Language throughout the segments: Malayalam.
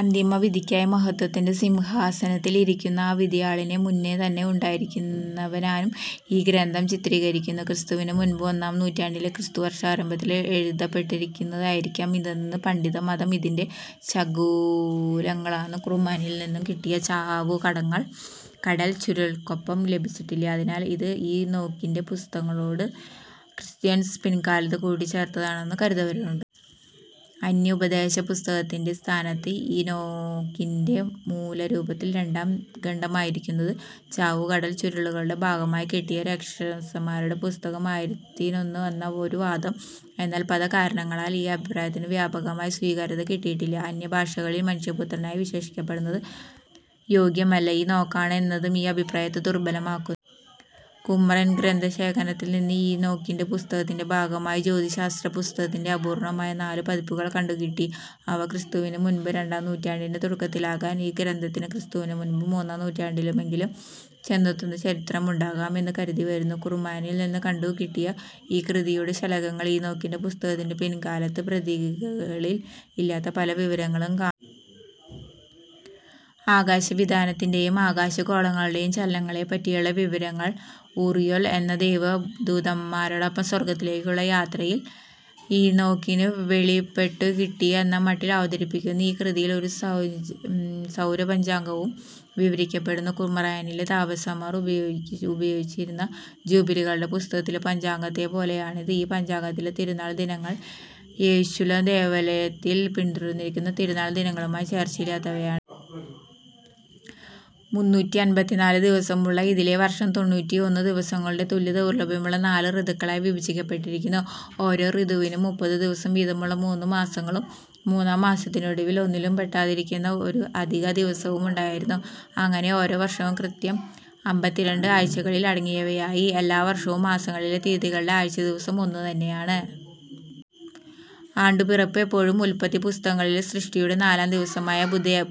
അന്തിമവിധിക്കായി മഹത്ത്വത്തിന്റെ സിംഹാസനത്തിൽ ഇരിക്കുന്ന ആ വിധിയാളനെ, മുന്നേ തന്നെ ഉണ്ടായിരുന്നവനായും ഈ ഗ്രന്ഥം ചിത്രീകരിക്കുന്നു. ക്രിസ്തുവിനു മുൻപ് ഒന്നാം നൂറ്റാണ്ടിലോ ക്രിസ്തുവർഷാരംഭത്തിലോ എഴുതപ്പെട്ടതായിരിക്കാം ഇതെന്നാണ് പണ്ഡിതമതം. ഇതിന്റെ ശകലങ്ങളൊന്നും കുമ്രാനിൽ നിന്നു കിട്ടിയ ചാവുകടൽ ചുരുളുകൾക്കൊപ്പം ലഭിച്ചിട്ടില്ല. അതിനാൽ ഇത് ഈനോക്കിന്റെ പുസ്തകത്തോട് ക്രിസ്ത്യാനികൾ പിൽക്കാലത്ത് കൂട്ടിച്ചേർത്തതാണെന്നു കരുതുന്നവരുണ്ട്. അന്യോപദേശ പുസ്തകത്തിന്റെ സ്ഥാനത്ത് ഈനോക്കിന്റെ മൂലരൂപത്തിൽ രണ്ടാം ഖണ്ഡമായിരുന്നത് ചാവുകടൽ ചുരുളുകളുടെ ഭാഗമായി കിട്ടിയ രാക്ഷസന്മാരുടെ പുസ്തകം ആയിരുന്നെന്നാണ് ഒരു വാദം. എന്നാൽ പല കാരണങ്ങളാലും, ഈ അഭിപ്രായത്തിനു വ്യാപകമായ സ്വീകാര്യത കിട്ടിയിട്ടില്ല. അന്യാപദേശങ്ങളിൽ മനുഷ്യപുത്രനായി വിശേഷിക്കപ്പെടുന്നത് യേശുവല്ല ഈനോക്കാണ് എന്നതും ഈ അഭിപ്രായത്തെ ദുർബ്ബലമാക്കുന്നു. കുമ്രാൻ ഗ്രന്ഥശേഖരത്തിൽ നിന്ന് ഈനോക്കിന്റെ പുസ്തകത്തിന്റെ ഭാഗമായ ജ്യോതിശാസ്ത്രപുസ്തകത്തിന്റെ അപൂർണ്ണമായ നാലു പതിപ്പുകൾ കണ്ടുകിട്ടി. അവ ക്രിസ്തുവിനു മുൻപ് രണ്ടാം നൂറ്റാണ്ടിന്റെ തുടക്കത്തിലേതാകയാൽ ഈ ഗ്രന്ഥത്തിന് ക്രിസ്തുവിന് മുൻപ് മൂന്നാം നൂറ്റാണ്ടോളമെങ്കിലും ചെന്നെത്തുന്ന ചരിത്രമുണ്ടാകാം എന്നു കരുതിവരുന്നു. കുമ്രാനിൽ നിന്നു കണ്ടുകിട്ടിയ ഈ കൃതിയുടെ ശകലങ്ങളിൽ ഈനോക്കിന്റെ പുസ്തകത്തിന്റെ പിൽക്കാലത്തെ പ്രതികളിൽ ഇല്ലാത്ത പല വിവരങ്ങളും കാണാം. അകാശവിതാനത്തിന്റേയും ആകാശഗോളങ്ങളുടേയും ചലനങ്ങളെപ്പറ്റിയുള്ള വിവരങ്ങൾ, ഊറിയേൽ എന്ന ദൈവദൂതനോടൊപ്പം സ്വർഗ്ഗത്തിലേക്കുള്ള യാത്രയിൽ ഈനോക്കിനു വെളിപ്പെട്ടുകിട്ടിയവ എന്ന മട്ടിൽ അവതരിപ്പിക്കുന്ന ഈ കൃതിയിൽ ഒരു സൗരപഞ്ചാംഗവും വിവരിക്കപ്പെടുന്നു. കുമ്രാനിലെ താപസന്മാർ ഉപയോഗിച്ചിരുന്ന ജൂബിലികളുടെ പുസ്തകത്തിലെ പഞ്ചാംഗത്തെപ്പോലെയാണത്. ഈ പഞ്ചാംഗത്തിലെ തിരുനാൾ ദിനങ്ങൾ യെരുശലേം ദേവാലയത്തിൽ പിന്തുടർന്നിരുന്ന തിരുനാൾ ദിനങ്ങളുമായി ചേർച്ചയില്ലാത്തവയാണ്. മുന്നൂറ്റിഅറുപത്തിനാല് ദിവസമുള്ള ഇതിലെ വർഷം തൊണ്ണൂറ്റിഒന്ന് ദിവസങ്ങളുടെ തുല്യദൈർഘ്യമുള്ള നാലു ഋതുക്കളായി വിഭജിക്കപ്പെട്ടിരുന്നു. ഓരോ ഋതുവിലും മുപ്പത് ദിവസം വീതമുള്ള മൂന്നു മാസങ്ങളും മൂന്നാം മാസത്തിനൊടുവിൽ ഒന്നിലും പെടാതിരുന്ന ഒരു അധികദിവസവും ഉണ്ടായിരുന്നു. അങ്ങനെ ഓരോ വർഷവും കൃത്യം അമ്പത്തിരണ്ട് ആഴ്ചകൾ അടങ്ങിയവയായി. എല്ലാ വർഷവും, മാസങ്ങളിലെ തിയതികളുടെ ആഴ്ചദിവസം ഒന്നു തന്നെയായി. ആണ്ടുപിറപ്പ് എപ്പോഴും ഉല്പത്തി പുസ്തകങ്ങളിൽ സൃഷ്ടിയുടെ നാലാം ദിവസമായ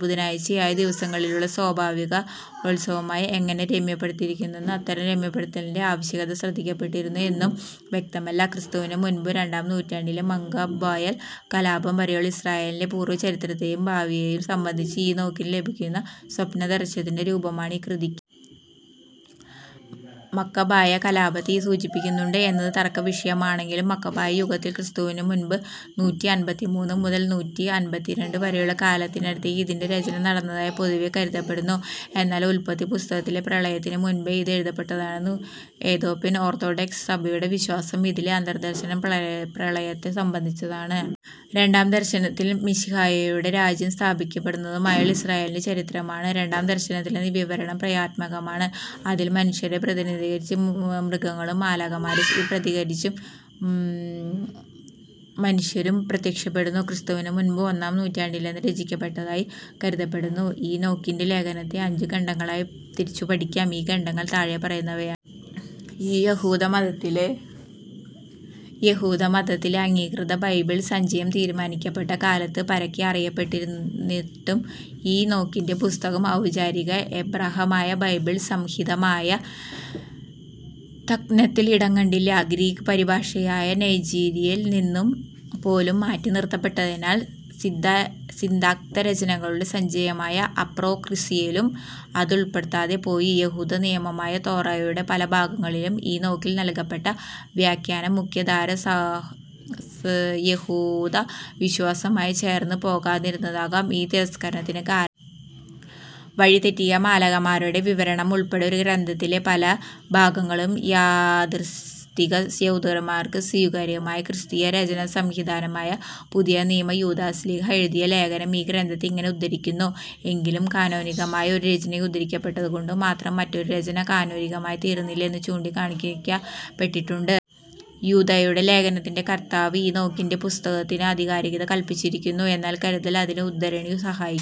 ബുധനാഴ്ചയായി. ദിവസങ്ങളുള്ള സ്വാഭാവികവത്സരവുമായി എങ്ങനെ രമ്യപ്പെടുത്തിയിരുന്നെന്നോ, അത്തരം രമ്യപ്പെടുത്തലിന്റെ ആവകശ്യകത ശ്രദ്ധിക്കപ്പെട്ടിരുന്നോ എന്നൊന്നും വ്യക്തമല്ല. ക്രിസ്തുവിനു മുൻപ് രണ്ടാം നൂറ്റാണ്ടിലെ മക്കബായൻ കലാപം വരെയുള്ള ഇസ്രായേലിന്റെ പൂർവചരിത്രത്തേയും ഭാവിയേയും സംബന്ധിച്ച് ഈനോക്കിനു ലഭിക്കുന്ന സ്വപ്നദർശനത്തിന്റെ രൂപമാണ് ഈ കൃതിയ്ക്ക്. മക്കബായ കലാപത്തെ ഇതു സൂചിപ്പിക്കുന്നുണ്ടോ എന്നത് തർക്കവിഷയമാണെങ്കിലും മക്കബായ യുഗത്തിൽ ക്രിസ്തുവിന് മുൻപ് നൂറ്റിഅറുപത്തിമൂന്ന് മുതൽ നൂറ്റിനാല്പത്തിരണ്ട്‍ വരെയുള്ള കാലത്തിനിടയ്ക്ക് ഇതിന്റെ രചന നടന്നതായി പൊതുവേ കരുതപ്പെടുന്നു. എന്നാൽ ഉല്പത്തിപ്പുസ്തകത്തിലെ പ്രളയത്തിനും മുൻപേ ഇത് എഴുതപ്പെട്ടെന്നാണ് എത്യോപ്യൻ ഓർത്തഡോക്സ് സഭയുടെ വിശ്വാസം. ഇതിലെ ആദ്യദർശനം പ്രളയത്തെ സംബന്ധിച്ചാണ്. രണ്ടാം ദർശനത്തിൽ മിശിഹായുടെ രാജ്യം സ്ഥാപിക്കപ്പെടുന്നതുവരെയുള്ള ഇസ്രായേലിന്റെ ചരിത്രമാണ്. രണ്ടാം ദർശനത്തിലെ വിവരണം പ്രതീകാത്മകമാണ്. അതിൽ മനുഷ്യരെ പ്രതിനിധീകരിച്ച് മൃഗങ്ങളും മാലാഖമാരെ പ്രതിനിധീകരിച്ച് മനുഷ്യരും പ്രത്യക്ഷപ്പെടുന്നു. ക്രിസ്തുവിന് മുൻപ് ഒന്നാം നൂറ്റാണ്ടിലെന്നോ രചിക്കപ്പെട്ടതായി കരുതപ്പെടുന്ന ഈനോക്കിന്റെ ലേഖനത്തെ അഞ്ചു ഖണ്ഡങ്ങളായി തിരിച്ചു പഠിക്കാം. ഈ ഖണ്ഡങ്ങൾ താഴെ പറയുന്നവയാണ്. യഹൂദമതത്തിലെ അംഗീകൃത ബൈബിൾ സഞ്ചയം തീരുമാനിക്കപ്പെട്ട കാലത്ത് പരക്കെ അറിയപ്പെട്ടിരുന്നിട്ടും ഈനോക്കിന്റെ പുസ്തകം ഔപചാരിക എബ്രായ ബൈബിൾ സംഹിതയായ തനക്കിൽ ഇടം കണ്ടില്ല. ഗ്രീക്ക് പരിഭാഷയായ സെപ്ത്വജിന്റിൽ നിന്നുപോലും മാറ്റിനിർത്തപ്പെട്ടതിനാൽ സന്ദിഗ്ദ്ധരചനകളുടെ സഞ്ചയമായ അപ്പോക്രിഫയിലും അതുൾപ്പെടാതെ പോയി. യഹൂദനിയമമായ തോറായുടെ പല ഭാഗങ്ങൾക്കും ഈനോക്കിൽ നൽകപ്പെട്ട വ്യാഖ്യാനം മുഖ്യധാരാ യഹൂദവിശ്വാസവുമായി ചേർന്നു പോകാതിരുന്നതാവാം ഈ തിരസ്കാരത്തിനു കാരണം. വഴിതെറ്റിയ മാലാഖമാരുടെ വിവരണം ഉൾപ്പെടെ ഈ ഗ്രന്ഥത്തിലെ പല ഭാഗങ്ങളും യാഥാസ്ഥിതിക യഹൂദർക്ക് അസ്വീകാര്യമായി. ക്രിസ്തീയ രചനാസംഹിതയായ പുതിയനിയമത്തിലെ യൂദാ ശ്ലീഹാ എഴുതിയ ലേഖനം ഈ ഗ്രന്ഥത്തെ ഇങ്ങനെ ഉദ്ധരിക്കുന്നു. എങ്കിലും കാനോനികമായ ഒരു രചനയിൽ ഉദ്ധരിക്കപ്പെടുന്നതുകൊണ്ടു മാത്രം മറ്റൊരു രചന കാനോനികമായിത്തീരുന്നില്ല എന്നു ചൂണ്ടിക്കാണിക്കപ്പെട്ടിട്ടുണ്ട്. യൂദായുടെ ലേഖനത്തിന്റെ കർത്താവ് ഈനോക്കിന്റെ പുസ്തകത്തിന് ആധികാരികത കല്പിച്ചിരുന്നു എന്നു കരുതാൻ അതിലെ ഉദ്ധരണി സഹായിക്കും